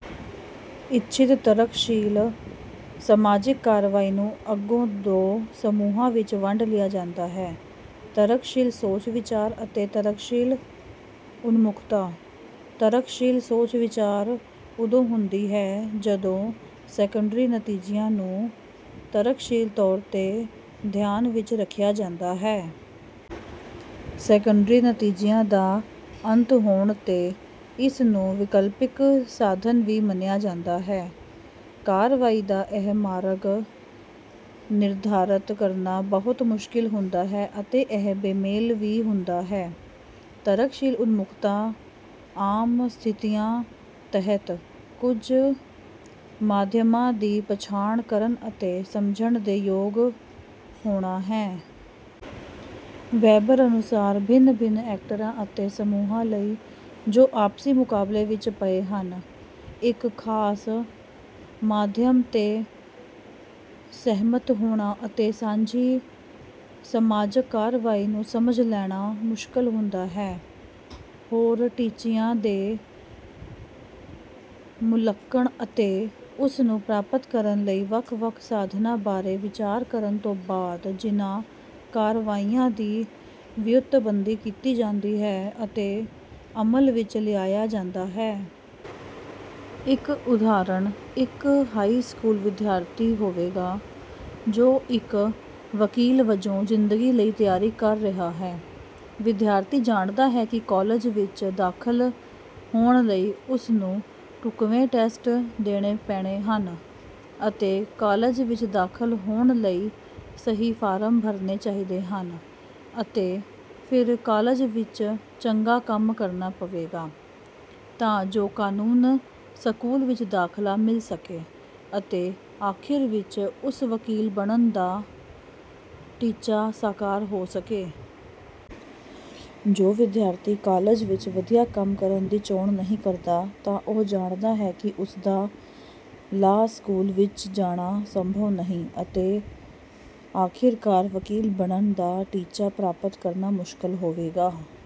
ਇਛਿਤ ਤਰਕਸ਼ੀਲ ਸਮਾਜਿਕ ਕਾਰਵਾਈ ਨੂੰ ਅੱਗੋਂ ਦੋ ਸਮੂਹਾਂ ਵਿਚ ਵੰਡ ਲਿਆ ਜਾਂਦਾ ਹੈ: ਤਰਕਸ਼ੀਲ ਸੋਚ-ਵਿਚਾਰ ਅਤੇ ਤਰਕਸ਼ੀਲ ਉਨਮੁਖਤਾ। ਤਰਕਸ਼ੀਲ ਸੋਚ-ਵਿਚਾਰ ਉਦੋਂ ਹੁੰਦੀ ਹੈ ਜਦੋਂ ਸੈਕੰਡਰੀ ਨਤੀਜਿਆਂ ਨੂੰ ਤਰਕਸ਼ੀਲ ਤੌਰ ਤੇ ਧਿਆਨ ਵਿੱਚ ਰੱਖਿਆ ਜਾਂਦਾ ਹੈ। ਸੈਕੰਡਰੀ ਨਤੀਜਿਆਂ ਦਾ ਅੰਤ ਹੋਣ ਤੇ ਇਸ ਨੂੰ ਵਿਕਲਪਿਕ ਸਾਧਨ ਵੀ ਮੰਨਿਆ ਜਾਂਦਾ ਹੈ। ਕਾਰਵਾਈ ਦਾ ਇਹ ਮਾਰਗ ਨਿਰਧਾਰਤ ਕਰਨਾ ਬਹੁਤ ਮੁਸ਼ਕਿਲ ਹੁੰਦਾ ਹੈ ਅਤੇ ਇਹ ਬੇਮੇਲ ਵੀ ਹੁੰਦਾ ਹੈ। ਤਰਕਸ਼ੀਲ ਉਨਮੁਖਤਾ ਆਮ ਸਥਿਤੀਆਂ ਤਹਿਤ ਕੁਝ ਮਾਧਿਅਮਾਂ ਦੀ ਪਛਾਣ ਕਰਨ ਅਤੇ ਸਮਝਣ ਦੇ ਯੋਗ ਹੋਣਾ ਹੈ। ਵੈਬਰ ਅਨੁਸਾਰ, ਭਿੰਨ ਭਿੰਨ ਐਕਟਰਾਂ ਅਤੇ ਸਮੂਹਾਂ ਲਈ, ਜੋ ਆਪਸੀ ਮੁਕਾਬਲੇ ਵਿੱਚ ਪਏ ਹਨ, ਇੱਕ ਖਾਸ ਮਾਧਿਅਮ ਤੇ ਸਹਿਮਤ ਹੋਣਾ ਅਤੇ ਸਾਂਝੀ ਸਮਾਜਕ ਕਾਰਵਾਈ ਨੂੰ ਸਮਝ ਲੈਣਾ ਮੁਸ਼ਕਲ ਹੁੰਦਾ ਹੈ; ਹੋਰ ਟੀਚਿਆਂ ਦੇ ਮੁਲੰਕਣ ਅਤੇ ਉਸ ਨੂੰ ਪ੍ਰਾਪਤ ਕਰਨ ਲਈ ਵੱਖ ਵੱਖ ਸਾਧਨਾਂ ਬਾਰੇ ਵਿਚਾਰ ਕਰਨ ਤੋਂ ਬਾਅਦ ਜਿਨ੍ਹਾਂ ਕਾਰਵਾਈਆਂ ਦੀ ਵਿਉਂਤਬੰਦੀ ਕੀਤੀ ਜਾਂਦੀ ਹੈ ਅਤੇ ਅਮਲ ਵਿੱਚ ਲਿਆਇਆ ਜਾਂਦਾ ਹੈ। ਇੱਕ ਉਦਾਹਰਣ ਇੱਕ ਹਾਈ ਸਕੂਲ ਵਿਦਿਆਰਥੀ ਹੋਵੇਗਾ ਜੋ ਇੱਕ ਵਕੀਲ ਵਜੋਂ ਜ਼ਿੰਦਗੀ ਲਈ ਤਿਆਰੀ ਕਰ ਰਿਹਾ ਹੈ। ਵਿਦਿਆਰਥੀ ਜਾਣਦਾ ਹੈ ਕਿ ਕਾਲਜ ਵਿਚ ਦਾਖ਼ਲ ਹੋਣ ਲਈ ਉਸ ਨੂੰ ਢੁਕਵੇਂ ਟੈੱਸਟ ਦੇਣੇ ਪੈਣੇ ਹਨ ਅਤੇ ਕਾਲਜ ਵਿਚ ਦਾਖ਼ਲ ਹੋਣ ਲਈ ਸਹੀ ਫਾਰਮ ਭਰਨੇ ਚਾਹੀਦੇ ਹਨ ਅਤੇ ਫਿਰ ਕਾਲਜ ਵਿਚ ਚੰਗਾ ਕੰਮ ਕਰਨਾ ਪਵੇਗਾ ਤਾਂ ਜੋ ਕਾਨੂੰਨ ਸਕੂਲ ਵਿਚ ਦਾਖ਼ਲਾ ਮਿਲ ਸਕੇ ਅਤੇ ਆਖਿਰ ਵਿਚ ਉਸ ਵਕੀਲ ਬਣਨ ਦਾ ਟੀਚਾ ਸਾਕਾਰ ਹੋ ਸਕੇ। ਜੇ ਵਿਦਿਆਰਥੀ ਕਾਲਜ ਵਿਚ ਵਧੀਆ ਕੰਮ ਕਰਨ ਦੀ ਚੋਣ ਨਹੀਂ ਕਰਦਾ, ਤਾਂ ਉਹ ਜਾਣਦਾ ਹੈ ਕਿ ਉਸਦਾ ਲਾਅ ਸਕੂਲ ਵਿਚ ਜਾਣਾ ਸੰਭਵ ਨਹੀਂ ਅਤੇ ਆਖਿਰਕਾਰ ਵਕੀਲ ਬਣਨ ਦਾ ਟੀਚਾ ਪ੍ਰਾਪਤ ਕਰਨਾ ਮੁਸ਼ਕਲ ਹੋਵੇਗਾ।